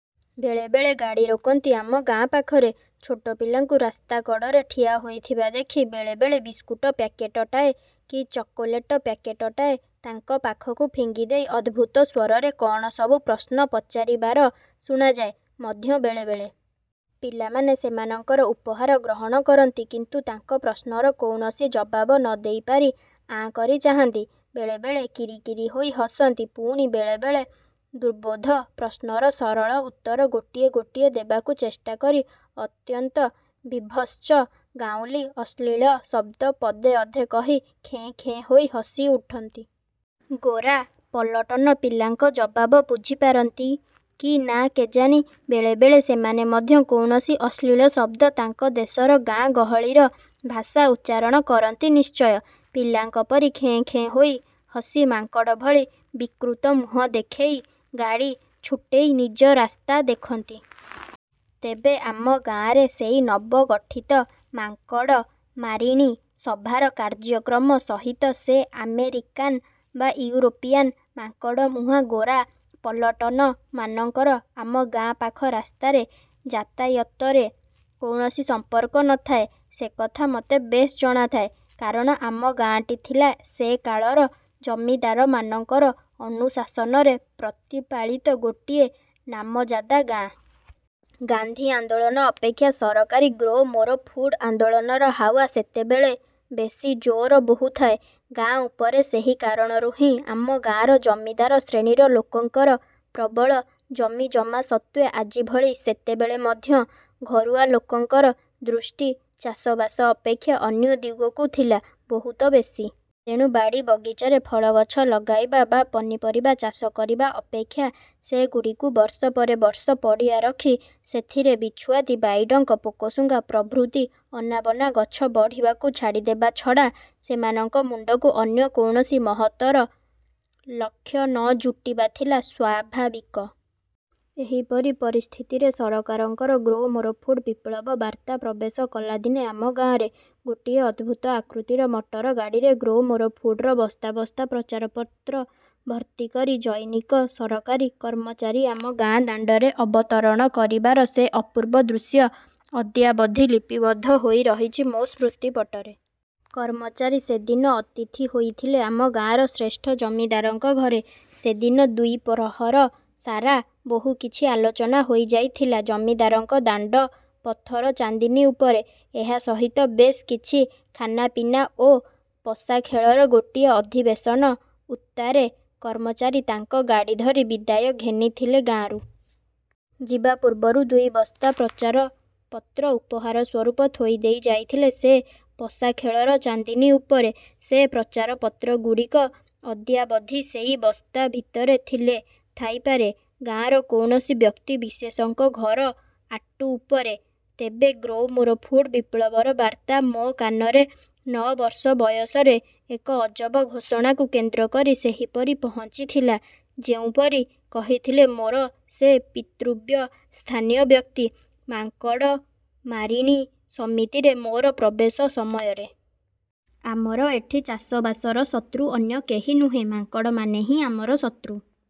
ବେଳେ ବେଳେ ଗାଡ଼ି ରୋକନ୍ତି ଆମ ଗାଁ ପାଖରେ। ଛୋଟ ପିଲାଙ୍କୁ ରାସ୍ତା କଡ଼ରେ ଠିଆ ହୋଇଥିବା ଦେଖି ବେଳେ ବେଳେ ବିସ୍କୁଟ ପ୍ୟାକେଟଟାଏ କି ଚକୋଲେଟ ପ୍ୟାକେଟଟାଏ ତାଙ୍କ ପାଖକୁ ଫିଙ୍ଗିଦେଇ ଅଦ୍ଭୁତ ସ୍ୱରରେ କ'ଣ ସବୁ ପ୍ରଶ୍ନ ପଚାରିବାର ଶୁଣାଯାଏ ମଧ୍ୟ ବେଳେ ବେଳେ। ପିଲାମାନେ ସେମାନଙ୍କର ଉପହାର ଗ୍ରହଣ କରନ୍ତି। କିନ୍ତୁ ତାଙ୍କ ପ୍ରଶ୍ନର କୌଣସି ଜବାବ ନ ଦେଇପାରି ଆଁ କରି ଚାହାନ୍ତି। ବେଳେ ବେଳେ କିରିକିରି ହୋଇ ହସନ୍ତି। ପୁଣି ବେଳେ ବେଳେ ଦୁର୍ବୋଧ୍ୟ ପ୍ରଶ୍ନର ସରଳ ଉତ୍ତର ଗୋଟିଏ ଗୋଟିଏ ଦେବାକୁ ଚେଷ୍ଟା କରି ଅତ୍ୟନ୍ତ ବୀଭତ୍ସ ଗାଉଁଲୀ ଅଶ୍ଳୀଳ ଶବ୍ଦ ପଦେ ଅଧେ କହି ଖେଁ ଖେଁ ହୋଇ ହସିଉଠନ୍ତି। ଗୋରା ପଲଟନ ପିଲାଙ୍କ ଜବାବ ବୁଝିପାରନ୍ତି କି ନା କେଜାଣି। ବେଳେ ବେଳେ ସେମାନେ ମଧ୍ୟ କୌଣସି ଅଶ୍ଳୀଳ ଶବ୍ଦ, ତାଙ୍କ ଦେଶର ଗାଁ ଗହଳିର ଭାଷା ଉଚ୍ଚାରଣ କରନ୍ତି ନିଶ୍ଚୟ। ପିଲାଙ୍କ ପରି ଖେଁ ଖେଁ ହୋଇ ହସି, ମାଙ୍କଡ଼ ଭଳି ବିକୃତ ମୁହଁ ଦେଖେଇ, ଗାଡ଼ି ଛୁଟେଇ ନିଜ ରାସ୍ତା ଦେଖନ୍ତି। ତେବେ ଆମ ଗାଁରେ ସେଇ ନବଗଠିତ ମାଙ୍କଡ଼ମାରିଣୀ ସଭାର କାର୍ଯ୍ୟକ୍ରମ ସହିତ ସେ ଆମେରିକାନ ବା ୟୁରୋପିଆନ ମାଙ୍କଡ଼ମୁହାଁ ଗୋରା ପଲଟନମାନଙ୍କର ଆମ ଗାଁ ପାଖ ରାସ୍ତାରେ ଯାତାୟାତରେ କୌଣସି ସମ୍ପର୍କ ନ ଥାଏ, ସେକଥା ମତେ ବେଶ୍ ଜଣାଥାଏ। କାରଣ ଆମ ଗାଁଟି ଥିଲା ସେ କାଳର ଜମିଦାରମାନଙ୍କର ଅନୁଶାସନରେ ପ୍ରତିପାଳିତ ଗୋଟିଏ ନାମଜାଦା ଗାଁ। ଗାନ୍ଧୀ ଆନ୍ଦୋଳନ ଅପେକ୍ଷା ସରକାରୀ ଗ୍ରୋ ମୋର ଫୁଡ ଆନ୍ଦୋଳନର ହାୱା ସେତେବେଳେ ବେଶି ଜୋର ବହୁଥାଏ ଗାଁ ଉପରେ ସେହି କାରଣରୁ ହିଁ। ଆମ ଗାଁର ଜମିଦାର ଶ୍ରେଣୀର ଲୋକଙ୍କର ପ୍ରବଳ ଜମିଜମା ସତ୍ତ୍ୱେ ଆଜି ଭଳି ସେତେବେଳେ ମଧ୍ୟ ଘରୁଆ ଲୋକଙ୍କର ଦୃଷ୍ଟି ଚାଷବାସ ଅପେକ୍ଷା ଅନ୍ୟ ଦିଗକୁ ଥିଲା ବହୁତ ବେଶି। ତେଣୁ ବାଡ଼ିବଗିଚାରେ ଫଳଗଛ ଲଗେଇବା ବା ପନିପରିବା ଚାଷ କରିବା ଅପେକ୍ଷା ସେଗୁଡ଼ିକୁ ବର୍ଷ ପରେ ବର୍ଷ ପଡ଼ିଆ ରଖି ସେଥିରେ ବିଛୁଆତି, ବାଇଡ଼ଙ୍କ, ପୋକଶୁଙ୍ଗା ପ୍ରଭୃତି ଅନାବନା ଗଛ ବଢ଼ିବାକୁ ଛାଡ଼ିଦେବା ଛଡ଼ା ସେମାନଙ୍କ ମୁଣ୍ଡକୁ ଅନ୍ୟ କୌଣସି ମହତ୍ତର ଲକ୍ଷ୍ୟ ନ ଯୁଟିବା ଥିଲା ସ୍ୱାଭାବିକ। ଏହିପରି ପରିସ୍ଥିତିରେ ସରକାରଙ୍କର 'ଗ୍ରୋ ମୋର ଫୁଡ' ବିପ୍ଳବ ବାର୍ତ୍ତା ପ୍ରବେଶ କଲା ଦିନେ ଆମ ଗାଁରେ। ଗୋଟିଏ ଅଦ୍ଭୁତ ଆକୃତିର ମଟରଗାଡ଼ିରେ 'ଗ୍ରୋ ମୋର ଫୁଡ'ର ବସ୍ତା ବସ୍ତା ପ୍ରଚାରପତ୍ର ଭର୍ତ୍ତି କରି ଜନୈକ ସରକାରୀ କର୍ମଚାରୀ ଆମ ଗାଁ ଦାଣ୍ଡରେ ଅବତରଣ କରିବାର ସେ ଅପୂର୍ବ ଦୃଶ୍ୟ ଅଦ୍ୟାବଧି ଲିପିବଦ୍ଧ ହୋଇ ରହିଛି ମୋ ସ୍ମୃତିପଟରେ। କର୍ମଚାରୀ ସେଦିନ ଅତିଥି ହୋଇଥିଲେ ଆମ ଗାଁର ଶ୍ରେଷ୍ଠ ଜମିଦାରଙ୍କ ଘରେ। ସେଦିନ ଦ୍ୱିପ୍ରହର ସାରା ବହୁ କିଛି ଆଲୋଚନା ହୋଇଯାଇଥିଲା ଜମିଦାରଙ୍କ ଦାଣ୍ଡ ପଥରଚାନ୍ଦିନୀ ଉପରେ। ଏହା ସହିତ ବେଶ୍ କିଛି ଖାନାପିନା ଓ ପଶାଖେଳର ଗୋଟିଏ ଅଧିବେଶନ ଉତ୍ତାରେ କର୍ମଚାରୀ ତାଙ୍କ ଗାଡ଼ି ଧରି ବିଦାୟ ଘେନିଥିଲେ ଗାଁରୁ। ଯିବା ପୂର୍ବରୁ ଦୁଇ ବସ୍ତା ପ୍ରଚାରପତ୍ର ଉପହାର ସ୍ୱରୂପ ଥୋଇଦେଇ ଯାଇଥିଲେ ସେ ପଶାଖେଳର ଚାନ୍ଦିନୀ ଉପରେ। ସେ ପ୍ରଚାରପତ୍ରଗୁଡ଼ିକ ଅଦ୍ୟାବଧି ସେଇ ବସ୍ତା ଭିତରେ ଥିଲେ ଥାଇପାରେ ଗାଁର କୌଣସି ବ୍ୟକ୍ତିବିଶେଷଙ୍କ ଘର ଆଟୁ ଉପରେ। ତେବେ 'ଗ୍ରୋ ମୋର ଫୁଡ' ବିପ୍ଳବର ବାର୍ତ୍ତା ମୋ କାନରେ, ନଅ ବର୍ଷ ବୟସରେ, ଏକ ଅଜବ ଘୋଷଣାକୁ କେନ୍ଦ୍ର କରି ସେହିପରି ପହଞ୍ଚିଥିଲା ଯେଉଁପରି କହିଥିଲେ ମୋର ସେ ପିତୃବ୍ୟ ସ୍ଥାନୀୟ ବ୍ୟକ୍ତି, ମାଙ୍କଡ଼ମାରିଣୀ ସମିତିରେ ମୋର ପ୍ରବେଶ ସମୟରେ। ଆମର ଏଠି ଚାଷବାସର ଶତ୍ରୁ ଅନ୍ୟ କେହି ନୁହେଁ, ମାଙ୍କଡ଼ମାନେ ହିଁ ଆମର ଶତ୍ରୁ।